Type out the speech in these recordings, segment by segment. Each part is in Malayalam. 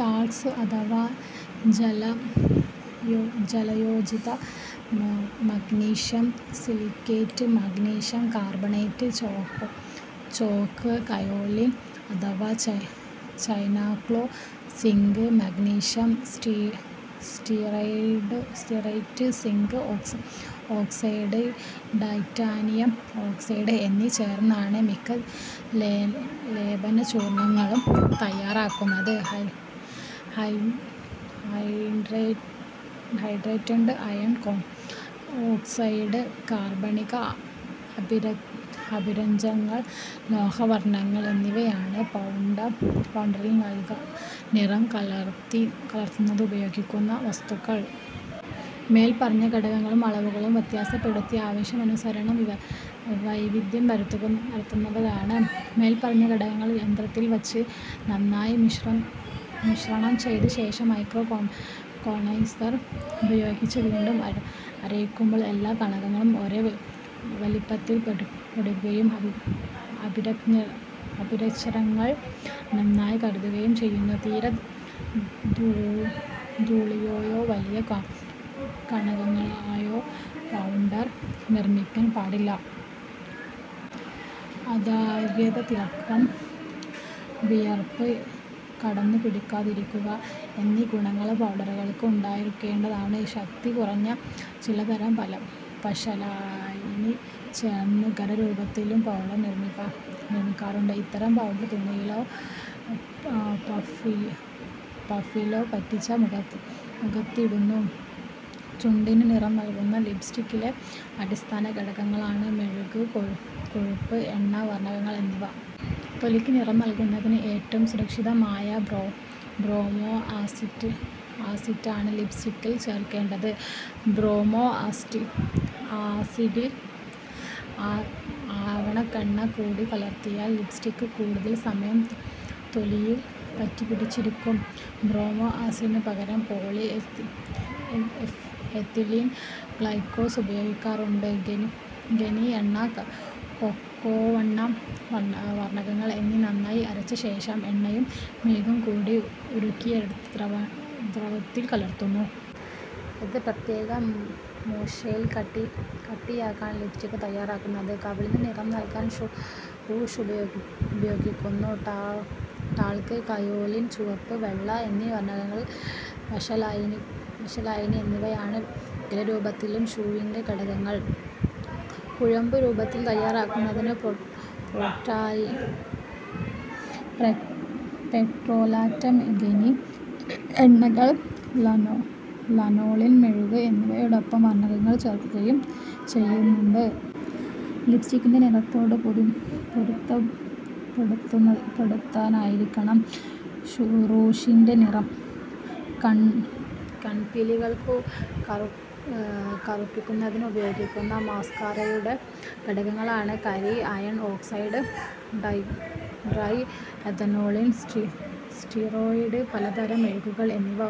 ടാൽക് അഥവാ ജലയോജിത magnesium silicate, magnesium carbonate, chalk, kaolin അഥവാ china clay, zinc magnesium stearate, zinc oxide, titanium oxide എന്നിവ ചേർത്താണ് മിക്ക ലേപനചൂർണങ്ങളും തയ്യാറാക്കുന്നത്. ഹൈഡ്രേറ്റഡ് അയൺ ഓക്സൈഡ്, കാർബണിക അഭിരഞ്ജകങ്ങൾ, ലോഹലവണങ്ങൾ എന്നിവയാണ് പൗഡറിൽ നിറം കലർത്തുന്നതിന് ഉപയോഗിക്കുന്ന വസ്തുക്കൾ. മേൽപ്പറഞ്ഞ ഘടകങ്ങളുടെ അളവുകൾ വ്യത്യാസപ്പെടുത്തി ആവശ്യാനുസരണം വൈവിധ്യം വരുത്താവുന്നതാണ്. മേൽപ്പറഞ്ഞ ഘടകങ്ങൾ യന്ത്രത്തിൽ വച്ച് നന്നായി മിശ്രണം ചെയ്ത ശേഷം മൈക്രോനൈസർ ഉപയോഗിച്ച് വീണ്ടും അരയ്ക്കുമ്പോൾ എല്ലാ കണങ്ങളും ഒരേ വലിപ്പത്തിൽ പൊടിയുകയും അഭിരഞ്ജകങ്ങൾ നന്നായി കലരുകയും ചെയ്യുന്നു. തീരെ ധൂളിയായോ, വലിയ കണങ്ങളായോ പൗഡർ നിർമ്മിക്കാൻ പാടില്ല. അതാര്യത, തിളക്കം, വിയർപ്പ് കടന്നുപിടിക്കാതിരിക്കുക എന്നീ ഗുണങ്ങളാണ് പൗഡറുകൾക്ക് ഉണ്ടായിരിക്കേണ്ടത്. ശക്തി കുറഞ്ഞ ചിലതരം പശലായിനി ചേർത്ത് ഖരരൂപത്തിലും പൗഡർ നിർമ്മിക്കാറുണ്ട്. ഇത്തരം പൗഡർ തുണിയിലോ പഫിലോ പറ്റിച്ച് മുഖത്തിടുന്നു. ചുണ്ടിന് നിറം നൽകുന്ന ലിപ്സ്റ്റിക്കിലെ അടിസ്ഥാന ഘടകങ്ങളാണ് മെഴുക്, കൊഴുപ്പ്, എണ്ണ, വർണകങ്ങൾ എന്നിവ. തൊലിക്ക് നിറം നൽകുന്നതിന് ഏറ്റവും സുരക്ഷിതമായ ബ്രോമോ ആസിഡാണ് ലിപ്സ്റ്റിക്കിൽ ചേർക്കേണ്ടത്. ബ്രോമോ ആസിഡിൽ ആവണക്കെണ്ണ കൂടി കലർത്തിയാൽ ലിപ്സ്റ്റിക് കൂടുതൽ സമയം തൊലിയിൽ പറ്റിപ്പിടിച്ചിരിക്കും. ബ്രോമോ ആസിഡിന് പകരം പോളി എഥിലീൻ ഗ്ലൈക്കോൾ ഉപയോഗിക്കാറുണ്ട്. ഖനി എണ്ണ, കൊക്കോവെണ്ണ, വർണകങ്ങൾ എന്നിവ നന്നായി അരച്ച ശേഷം എണ്ണയും മെഴുകും കൂടി ഉരുക്കിയെടുത്ത ദ്രവത്തിൽ കലർത്തുന്നു. ഇത് പ്രത്യേക മൂശയിൽ കട്ടിയാക്കിയാണ് ലിപ്സ്റ്റിക് തയ്യാറാക്കുന്നത്. കവിളിന് നിറം നൽകാൻ റൂഷ് ഉപയോഗിക്കുന്നു. ടാൽക്, കയോലിൻ, ചുവപ്പ്, വെള്ള എന്നീ വർണകങ്ങൾ, പശലായിനി എന്നിവയാണ് ഖരരൂപത്തിലുള്ള റൂഷിൻ്റെ ഘടകങ്ങൾ. കുഴമ്പുരൂപത്തിൽ തയ്യാറാക്കുന്നതിന് പെട്രോലാറ്റം, ഖനി എണ്ണകൾ, ലനോളിൻ, മെഴുക് എന്നിവയോടൊപ്പം വർണകങ്ങൾ ചേർക്കുകയാണ് ചെയ്യുന്നത്. ലിപ്സ്റ്റിക്കിൻ്റെ നിറത്തോടു പൊരുത്തപ്പെടുന്നതായിരിക്കണം റൂഷിൻ്റെ നിറം. കൺപീലികൾ കറുപ്പിക്കുന്നതിന് ഉപയോഗിക്കുന്ന മസ്കാറയുടെ ഘടകങ്ങളാണ് കരി, അയൺ ഓക്സൈഡ്, ട്രൈഎഥനോളമീൻ സ്റ്റീറേറ്റ്, പലതരം മെഴുകുകൾ എന്നിവ.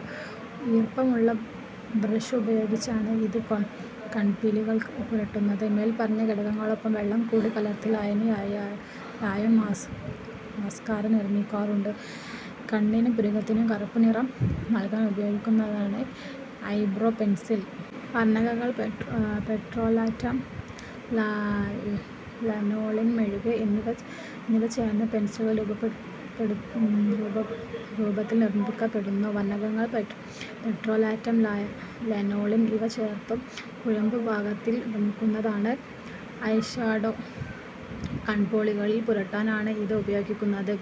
ഈർപ്പമുള്ള ബ്രഷ് ഉപയോഗിച്ച് ഇത് കൺപീലികളിൽ പുരട്ടുന്നു. മേൽപ്പറഞ്ഞ ഘടകങ്ങളോടൊപ്പം വെള്ളം കൂടി കലർത്തി ലായനിയായും മസ്കാറ നിർമ്മിക്കാറുണ്ട്. കണ്ണിനും പുരികത്തിനും കറുപ്പുനിറം നൽകാൻ ഉപയോഗിക്കുന്നതാണ് ഐബ്രോ പെൻസിൽ. വർണകങ്ങൾ, പെട്രോലാറ്റം, ലനോളിൻ, മെഴുക് എന്നിവ ചേർത്ത് പെൻസിൽ രൂപത്തിൽ നിർമ്മിക്കപ്പെടുന്നു. വർണകങ്ങൾ, പെട്രോലാറ്റം, ലനോളിൻ ഇവ ചേർത്തു കുഴമ്പുപാകത്തിൽ നിർമ്മിക്കുന്നതാണ് ഐഷാഡോ. കൺപോളകളിൽ പുരട്ടാനാണ് ഇത് ഉപയോഗിക്കുന്നത്.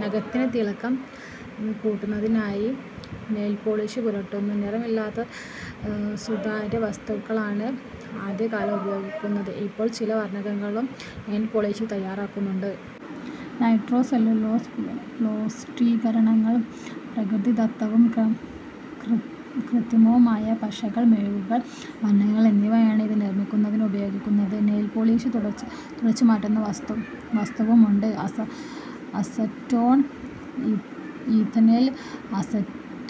നഖത്തിന് തിളക്കം കിട്ടുന്നതിനായി നെയിൽപോളിഷ് പുരട്ടുന്നു. നിറമില്ലാത്ത സുതാര്യ വസ്തുക്കളാണ് ആദ്യകാലത്ത് ഉപയോഗിച്ചിരുന്നത്. ഇപ്പോൾ പല വർണങ്ങളിലും നെയിൽപോളിഷ് തയ്യാറാക്കുന്നുണ്ട്. നൈട്രോസെല്ലുലോസ്, പ്ലാസ്റ്റീകാരകങ്ങൾ, പ്രകൃതിദത്തവും കൃത്രിമവുമായ പശകൾ, മെഴുകുകൾ, വർണകങ്ങൾ എന്നിവയാണ് ഇത് നിർമ്മിക്കുന്നതിന് ഉപയോഗിക്കുന്നത്. നെയിൽപോളിഷ് തുടച്ചുമാറ്റുന്ന വസ്തുവും ഉണ്ട്. അസറ്റോൺ, ഈഥൈൽ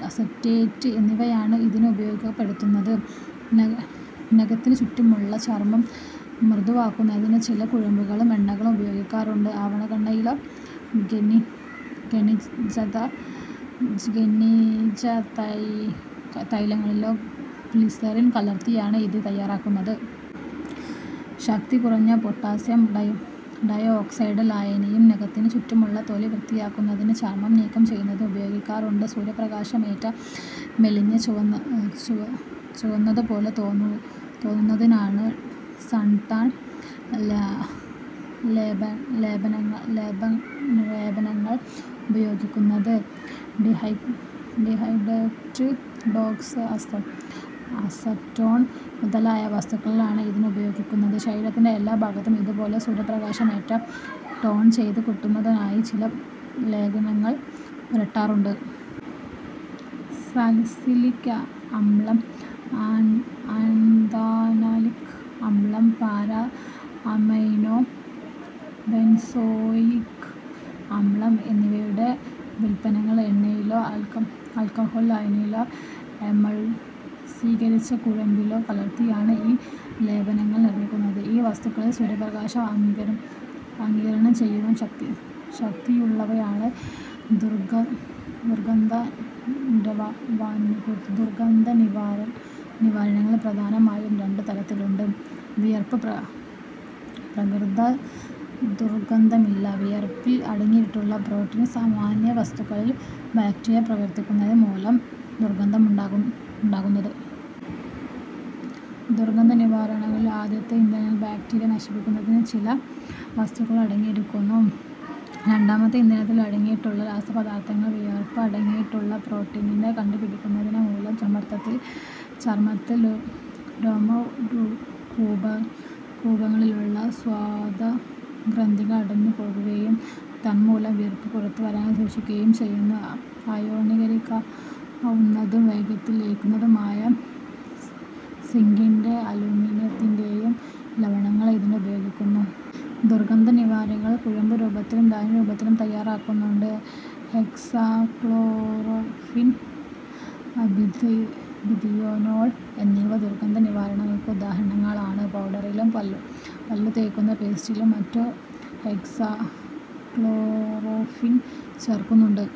അസറ്റേറ്റ് എന്നിവയാണ് ഇതിന് ഉപയോഗപ്പെടുത്തുന്നത്. നഖത്തിന് ചുറ്റുമുള്ള ചർമം മൃദുവാക്കുന്നതിന് ചില കുഴമ്പുകളും എണ്ണകളും ഉപയോഗിക്കാറുണ്ട്. ആവണക്കെണ്ണയിലോ ഖനിജതൈലങ്ങളിലോ ഗ്ലിസറിൻ കലർത്തിയാണ് ഇത് തയ്യാറാക്കുന്നത്. ശക്തി കുറഞ്ഞ പൊട്ടാസ്യം ഡൈഓക്സൈഡ് ലായനിയും നഖത്തിന് ചുറ്റുമുള്ള തൊലി വൃത്തിയാക്കുന്നതിനും ചർമം നീക്കം ചെയ്യുന്നതിനും ഉപയോഗിക്കുന്നുണ്ട്. സൂര്യപ്രകാശമേറ്റ് തൊലി ചുവന്നതുപോലെ തോന്നിക്കുന്നതിനാണ് സൺടാൻ ലേപനങ്ങൾ ഉപയോഗിക്കുന്നത്. ഡിഹൈഡ്രോക്സി അസറ്റോൺ മുതലായ വസ്തുക്കളാണ് ഇതിന് ഉപയോഗിക്കുന്നത്. ശരീരത്തിൻ്റെ എല്ലാ ഭാഗവും ഒരുപോലെ സൂര്യപ്രകാശമേറ്റ് ടാൻ ചെയ്തു കിട്ടുന്നതിനായി ചില ലേപനങ്ങൾ പുരട്ടാറുണ്ട്. സാലിസിലിക് അമ്ലം, ആൻഥ്രാനലിക് അമ്ലം, പാരാ അമൈനോ ബെൻസോയിക് അമ്ലം എന്നിവയുടെ വ്യുൽപ്പന്നങ്ങൾ എണ്ണയിലോ ആൽക്കഹോൾ ലായനിയിലോ എമൾസീകരിച്ച കുഴമ്പിലോ കലർത്തിയാണ് ഈ ലേപനങ്ങൾ നിർമ്മിക്കുന്നത്. ഈ വസ്തുക്കൾ സൂര്യപ്രകാശത്തെ ആഗിരണം ചെയ്യുവാൻ ശക്തിയുള്ളവയാണ്. ദുർഗന്ധനിവാരിണികൾ പ്രധാനമായും രണ്ടു തരത്തിലുണ്ട്. വിയർപ്പിന് പ്രകൃത്യാ ദുർഗന്ധമില്ല. വിയർപ്പിൽ അടങ്ങിയിട്ടുള്ള പ്രോട്ടീൻ സമാനമായ വസ്തുക്കളിൽ ബാക്ടീരിയ പ്രവർത്തിക്കുന്നത് മൂലമാണ് ദുർഗന്ധം ഉണ്ടാകുന്നത്. ദുർഗന്ധനിവാരിണികളിൽ ആദ്യത്തെ ഇനത്തിൽ ബാക്ടീരിയകളെ നശിപ്പിക്കുന്നതിനുള്ള ചില വസ്തുക്കൾ അടങ്ങിയിരിക്കുന്നു. രണ്ടാമത്തെ ഇനത്തിൽ അടങ്ങിയിട്ടുള്ള രാസപദാർത്ഥങ്ങൾ വിയർപ്പിൽ അടങ്ങിയിട്ടുള്ള പ്രോട്ടീനിനെ കട്ടിപിടിപ്പിക്കുന്നത് മൂലം ചർമത്തിലെ രോമകൂപങ്ങളിലുള്ള സ്വേദഗ്രന്ഥികൾ അടഞ്ഞുപോകുകയും തൻമൂലം വിയർപ്പ് പുറത്തുവരാതെ സൂക്ഷിക്കുകയും ചെയ്യുന്നു. അയോണീകരിക്കാവുന്നതും വേഗത്തിൽ ലയിക്കുന്നതുമായ സിങ്കിൻ്റെയും അലുമിനിയത്തിൻ്റെയും ലവണങ്ങൾ ഇതിന് ഉപയോഗിക്കുന്നു. ദുർഗന്ധനിവാരിണികൾ കുഴമ്പുരൂപത്തിലും ലായനി രൂപത്തിലും തയ്യാറാക്കുന്നുണ്ട്. ഹെക്സാക്ലോറോഫീൻ, ബിഥിയോനോൾ എന്നിവ ദുർഗന്ധനിവാരിണികൾക്ക് ഉദാഹരണങ്ങളാണ്. പൗഡറിലും പല്ലുതേയ്ക്കുന്ന പേസ്റ്റിലും മറ്റും ഹെക്സാക്ലോറോഫീൻ ചേർക്കാറുണ്ട്.